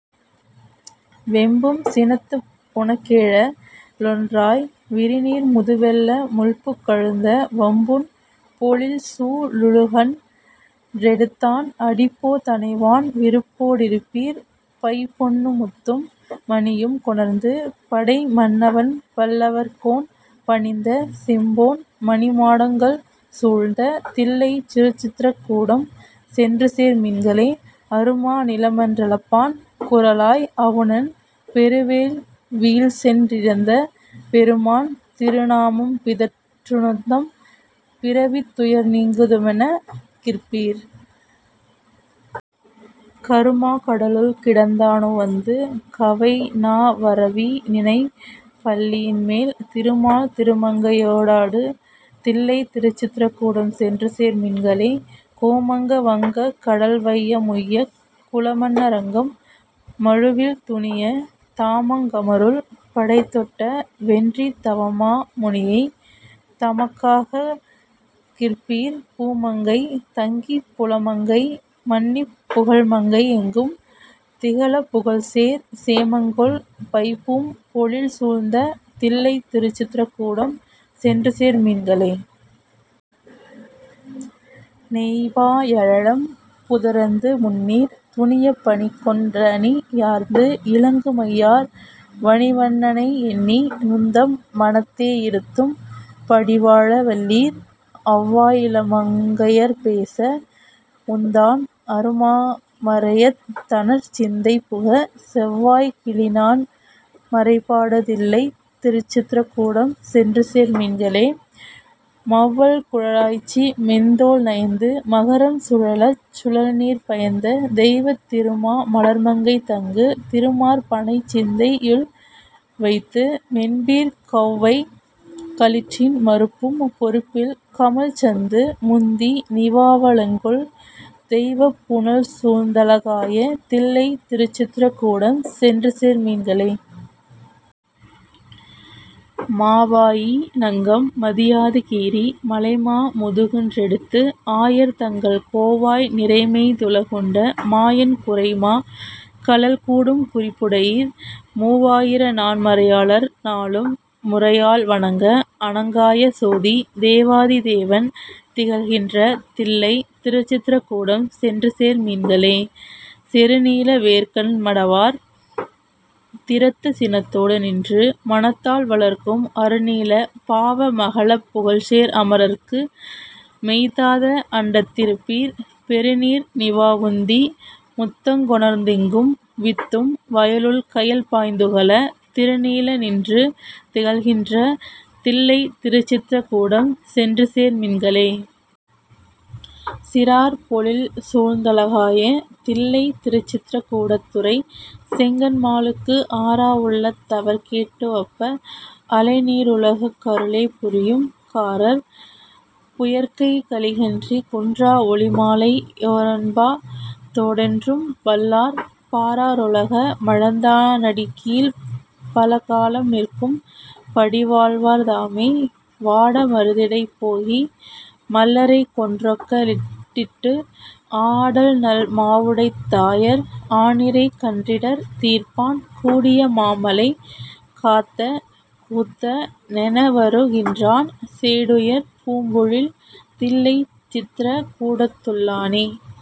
வெம்பும் சினத்துப் புனக்கேழ லொன்றாய் விரிநீர் முதுவெள்ள முள்புக் கழுந்த, வம்புண் பொழில்சூ ழுலகன் றெடுத்தான் அடிப்போ தணைவான் விருப்போ டிருப்பீர், பைம்பொன்னு முத்தும் மணியும் கொணர்ந்து படைமன்னவன்பல் லவர்க்கோன் பணிந்த, செம்பொன் மணிமாடங் கள்சூழ்ந்த தில்லைத் திருச்சித்ர கூடம் சென்றுசேர் மின்களே.. அருமா நிலமன் றளப்பான் குறளாய் அவுணன் பெருவேள் வியில்சென் றிரந்த, பெருமான் திருநா மம்பிதற் றிநுந்தம் பி றவித் துயர்நீங்கு துமென்ன கிற்பீர். கருமா கடலுள் கிடந்தா னுவந்து கவைநா வரவி னணைப்பள்ளி யின்மேல், திருமால் திருமங் கையொடாடு தில்லைத் திருச்சித்ர கூடம் சென்றுசேர் மின்களே.. கோமங்க வங்கக் கடல்வைய முய்யக் குலமன்ன ரங்கம் மழுவில் துணிய, தாமங் கமருள் படைதொட்ட வென்றித் தவமா முனியைத் தமக்காக்க கிற்பீர், பூமங்கை தங்கிப் புலமங்கை மன்னிப் புகழ்மங்கை யெங்கும் திகழப்புகழ்சேர் சேமங்கொள் பைம்பூம் பொழில்சூழ்ந்த தில்லைத் திருச்சித்ர கூடம் சென்றுசேர் மின்களே.. நெய்வா யழலம் புதுரந்து முந்நீர் துணியப் பணிகொண் டணியார்ந்து, இலங்கு மையார் வணிவண் ணனையெண்ணி நுந்தம் மனத்தே யிருத்தும் படிவாழ வல்லீர், அவ்வாயிளமங் கையர்ப்பேச வுந்தான் அருமா மறையந் தணர்சிந் தைபுக, செவ்வாய்க் கிளிநான் மறைபாடு தில்லைத் திருச்சித்ர கூடம் சென்றுசேர் மின்களே.. மௌவல் குழலாய்ச்சி மெந்தோள் நயந்து மகரம் சுழலச் சுழல்நீர் பயந்த, தெய்வத் திருமா மலர்மங்கை தங்கு திருமார் பனைச்சிந்தை யுள்வைத்து மென்பீர் கௌவைக் களிற்றின் மருப்பும் பொருப்பில் கமழ்சந்து முந்தி நிவாவ லங்கொள், தெய்வப் புனல்சூழ்ந் தழகாய தில்லைத் திருச்சித்ர கூடம் சென்றுசேர் மின்களே.. மாவாயி னங்கம் மதியாது கீறி மழைமா முதுகுன் றெடுத்து, ஆயர் தங்கள் கோவாய் நிரைமேய்த் துலகுண்ட மாயன் குரைமா கழல்கூ டும்குறிப் புடையீர், மூவா யிரநான் மறையாளர் நாளும் முறையால் வணங்க அணங்காய சோதி, தேவாதி தேவன் திகழ்கின்ற தில்லைத் திருச்சித்ர கூடம் சென்றுசேர் மின்களே.. செருநீல வேற்கண் மடவார் திறத்துச் சினத்தோடு நின்று மனத்தால் வளர்க்கும், அருநீல பாவ மகலப் புகழ்சேர் அமரர்க்கு மெய்தாத அண்டத்தி ருப்பீர், பெருநீர் நிவாவுந்தி முத்தங்கொ ணர்ந்தெங்கும் வித்தும் வயலுள் கயல்பாய்ந் துகள, திருநீல நின்று திகழ்கின்ற தில்லைத் திருச்சித்ர கூடம் சென்றுசேர் மின்களே.. சீரார் பொழில்சூழ்ந் தழகாய தில்லைத் திருசித்ர கூடத் துறைசெங்கண் மாலுக்கு, ஆராத வுள்ளத் தவர்க்கேட் டுவப்ப அலைநீ ருலகுக் கருளே புரியும், காரார் புயற்கைக் கலிகன்றி குன்றா ஒலிமாலை யொறொன்ப தோடொன்றும் வல்லார், பாரா ருலக மளந்தா னடிக்கீழ்ப் பலகாலம் நிற்கும் படிவாழ்வர் தாமே. வாட மருதிடை போகி மல்லரைக் கொன்றொக்க லிட்டிட்டு, ஆடல்நல் மாவுடைத் தாயர் ஆநிரைக் கன்றிடர் தீர்ப்பான், கூடிய மாமழை காத்த கூத்த னெனெவரு கின்றான், சேடுயர் பூம்பொழில் தில்லைச் சித்திர கூடத்துள் ளானே..